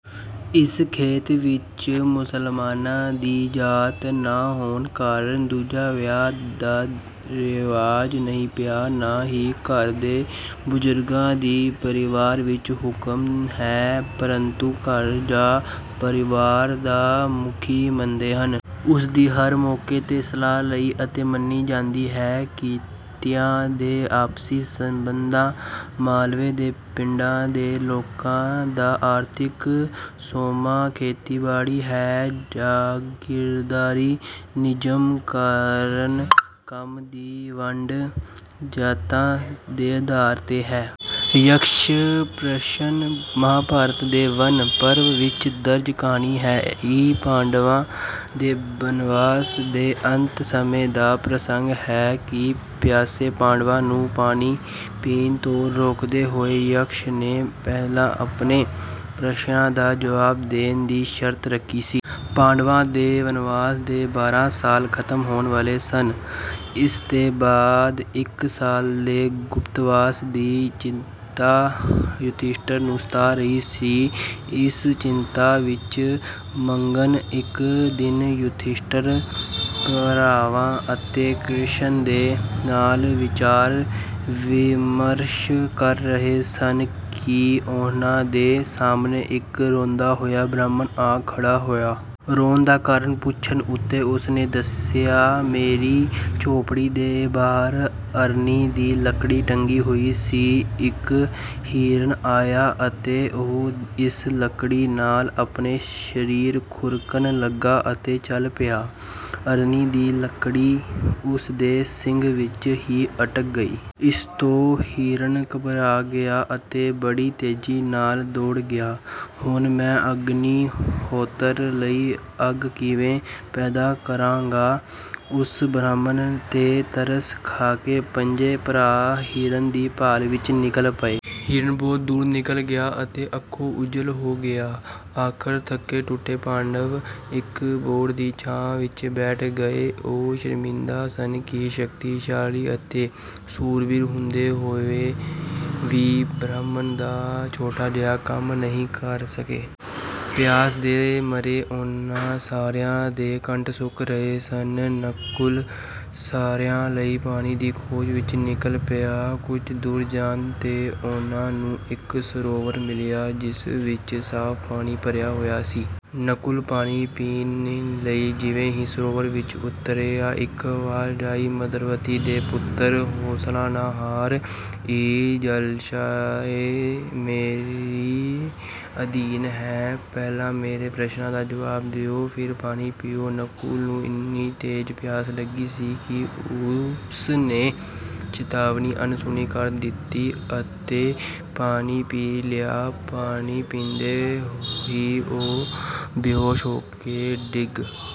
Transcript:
ਇਸ ਖੇਤ ਵਿੱਚ ਮੁਸਲਮਾਨਾਂ ਦੀ ਜਾਤ ਨਾ ਹੋਣ ਕਾਰਨ ਦੂਜਾ ਵਿਆਹ ਦਾ ਰਿਵਾਜ਼ ਨਹੀਂ ਪਿਆ। ਨਾ ਹੀ ਘਰ ਦੇ ਬਜ਼ੁਰਗਾਂ ਦੀ ਪਰਿਵਾਰ ਵਿੱਚ ਹੁਕਮ ਹੈ ਪਰੰਤੂ ਘਰ ਜਾਂ ਪਰਿਵਾਰ ਦਾ ਮੁਖੀ ਮੰਨਦੇ ਹਨ। ਉਸਦੀ ਹਰ ਮੌਕੇ ਤੇ ਸਲਾਹ ਲਈ ਅਤੇ ਮੰਨੀ ਜਾਂਦੀ ਹੈ। ਕਿੱਤਿਆਂ ਦੇ ਆਪਸੀ ਸਬੰਧਾਂ, ਮਾਲਵੇ ਦੇ ਪਿੰਡਾਂ ਦੇ ਲੋਕਾਂ ਦਾ ਆਰਥਿਕ ਸੋਮਾ ਖੇਤੀਬਾੜੀ ਹੈ। ਜਾਗੀਰਦਾਰੀ ਨਿਜ਼ਾਮ ਕਾਰਨ ਕੰਮ ਦੀ ਵੰਡ ਜਾਤਾਂ ਦੇ ਆਧਾਰ ਤੇ ਹੈ। ਯਕਸ਼ ਪ੍ਰਸ਼ਨ ਮਹਾਭਾਰਤ ਦੇ ਵਣ ਪਰਵ ਵਿੱਚ ਦਰਜ ਕਹਾਣੀ ਹੈ। ਇਹ ਪਾਂਡਵਾਂ ਦੇ ਬਨਵਾਸ ਦੇ ਅੰਤ ਸਮੇਂ ਦਾ ਪ੍ਰਸੰਗ ਹੈ ਕਿ ਪਿਆਸੇ ਪਾਂਡਵਾਂ ਨੂੰ ਪਾਣੀ ਪੀਣ ਤੋਂ ਰੋਕਦੇ ਹੋਏ ਯਕਸ਼ ਨੇ ਪਹਿਲਾਂ ਆਪਣੇ ਪ੍ਰਸ਼ਨਾਂ ਦਾ ਜਵਾਬ ਦੇਣ ਦੀ ਸ਼ਰਤ ਰੱਖੀ ਸੀ। ਪਾਂਡਵਾਂ ਦੇ ਬਨਵਾਸ ਦੇ ਬਾਰਾਂ ਸਾਲ ਖ਼ਤਮ ਹੋਣ ਵਾਲੇ ਸਨ। ਇਸ ਦੇ ਬਾਅਦ ਇੱਕ ਸਾਲ ਦੇ ਗੁਪਤਵਾਸ ਦੀ ਚਿੰਤਾ ਯੁਧਿਸ਼ਠਰ ਨੂੰ ਸਤਾ ਰਹੀ ਸੀ। ਇਸ ਚਿੰਤਾ ਵਿੱਚ ਮਗਨ ਇੱਕ ਦਿਨ ਯੁਧਿਸ਼ਠਰ ਭਰਾਵਾਂ ਅਤੇ ਕ੍ਰਿਸ਼ਣ ਦੇ ਨਾਲ ਵਿਚਾਰ ਵਿਮਰਸ਼ ਕਰ ਰਹੇ ਸਨ ਕਿ ਉਨ੍ਹਾਂ ਦੇ ਸਾਹਮਣੇ ਇੱਕ ਰੋਂਦਾ ਹੋਇਆ ਬ੍ਰਾਹਮਣ ਆ ਖੜਾ ਹੋਇਆ। ਰੋਣ ਦਾ ਕਾਰਨ ਪੁੱਛਣ ਉੱਤੇ ਉਸਨੇ ਦੱਸਿਆ, "ਮੇਰੀ ਝੋਪੜੀ ਦੇ ਬਾਹਰ ਅਰਣੀ ਦੀ ਲੱਕੜੀ ਟੰਗੀ ਹੋਈ ਸੀ। ਇੱਕ ਹਿਰਣ ਆਇਆ ਅਤੇ ਉਹ ਇਸ ਲੱਕੜੀ ਨਾਲ ਆਪਣਾ ਸਰੀਰ ਖੁਰਕਣ ਲਗਾ ਅਤੇ ਚੱਲ ਪਿਆ। ਅਰਣੀ ਦੀ ਲੱਕੜੀ ਉਸ ਦੇ ਸਿੰਗ ਵਿੱਚ ਹੀ ਅਟਕ ਗਈ। ਇਸ ਤੋਂ ਹਿਰਣ ਘਬਰਾ ਗਿਆ ਅਤੇ ਬੜੀ ਤੇਜੀ ਨਾਲ ਦੌੜ ਗਿਆ। ਹੁਣ ਮੈਂ ਅਗਨੀ ਹੋਤਰ ਲਈ ਅੱਗ ਕਿਵੇਂ ਪੈਦਾ ਕਰਾਂਗਾ?" ਉਸ ਬ੍ਰਾਹਮਣ ਤੇ ਤਰਸ ਖਾਕੇ ਪੰਜੇ ਭਰਾ ਹਿਰਣ ਦੀ ਭਾਲ ਵਿੱਚ ਨਿਕਲ ਪਏ। ਹਿਰਣ ਬਹੁਤ ਦੂਰ ਨਿਕਲ ਗਿਆ ਅਤੇ ਅੱਖੋਂ ਓਝਲ ਹੋ ਗਿਆ। ਆਖਰ ਥੱਕੇ ਟੁੱਟੇ ਪਾਂਡਵ ਇੱਕ ਬੋਹੜ ਦੀ ਛਾਂ ਵਿੱਚ ਬੈਠ ਗਏ। ਉਹ ਸ਼ਰਮਿੰਦਾ ਸਨ ਕਿ ਸ਼ਕਤੀਸ਼ਾਲੀ ਅਤੇ ਸੂਰਬੀਰ ਹੁੰਦੇ ਹੋਏ ਵੀ ਬ੍ਰਾਹਮਣ ਦਾ ਛੋਟਾ ਜਿਹਾ ਕੰਮ ਵੀ ਨਹੀਂ ਕਰ ਸਕੇ। ਪਿਆਸ ਦੇ ਮਾਰੇ ਉਨ੍ਹਾਂ ਸਾਰਿਆਂ ਦੇ ਕੰਠ ਸੁੱਕ ਰਹੇ ਸਨ। ਨਕੁਲ ਸਾਰਿਆਂ ਲਈ ਪਾਣੀ ਦੀ ਖੋਜ ਵਿੱਚ ਨਿਕਲ ਪਿਆ। ਕੁੱਝ ਦੂਰ ਜਾਣ ਤੇ ਉਨ੍ਹਾਂ ਨੂੰ ਇੱਕ ਸਰੋਵਰ ਮਿਲਿਆ ਜਿਸ ਵਿੱਚ ਸਾਫ਼ ਪਾਣੀ ਭਰਿਆ ਹੋਇਆ ਸੀ। ਨਕੁਲ ਪਾਣੀ ਪੀਣ ਲਈ ਜਿਵੇਂ ਹੀ ਸਰੋਵਰ ਵਿੱਚ ਉਤਰਿਆ, ਇੱਕ ਆਵਾਜ਼ ਆਈ, "ਮਾਦਰਵਤੀ ਦੇ ਪੁੱਤਰ, ਹੌਸਲਾ ਨਾ ਹਾਰ, ਇਹ ਜਲਾਸ਼ਏ ਮੇਰੇ ਆਧੀਨ ਹੈ। ਪਹਿਲਾਂ ਮੇਰੇ ਪ੍ਰਸ਼ਨਾਂ ਦੇ ਜਵਾਬ ਦਿਓ, ਫਿਰ ਪਾਣੀ ਪੀਓ।" ਨਕੁਲ ਨੂੰ ਇੰਨੀ ਤੇਜ ਪਿਆਸ ਲੱਗੀ ਸੀ ਕਿ ਉਸ ਨੇ ਚਿਤਾਵਨੀ ਅਣਸੁਣੀ ਕਰ ਦਿੱਤੀ ਅਤੇ ਪਾਣੀ ਪੀ ਲਿਆ। ਪਾਣੀ ਪੀਂਦੇ ਹੀ ਉਹ ਬੇਹੋਸ਼ ਹੋਕੇ ਡਿੱਗ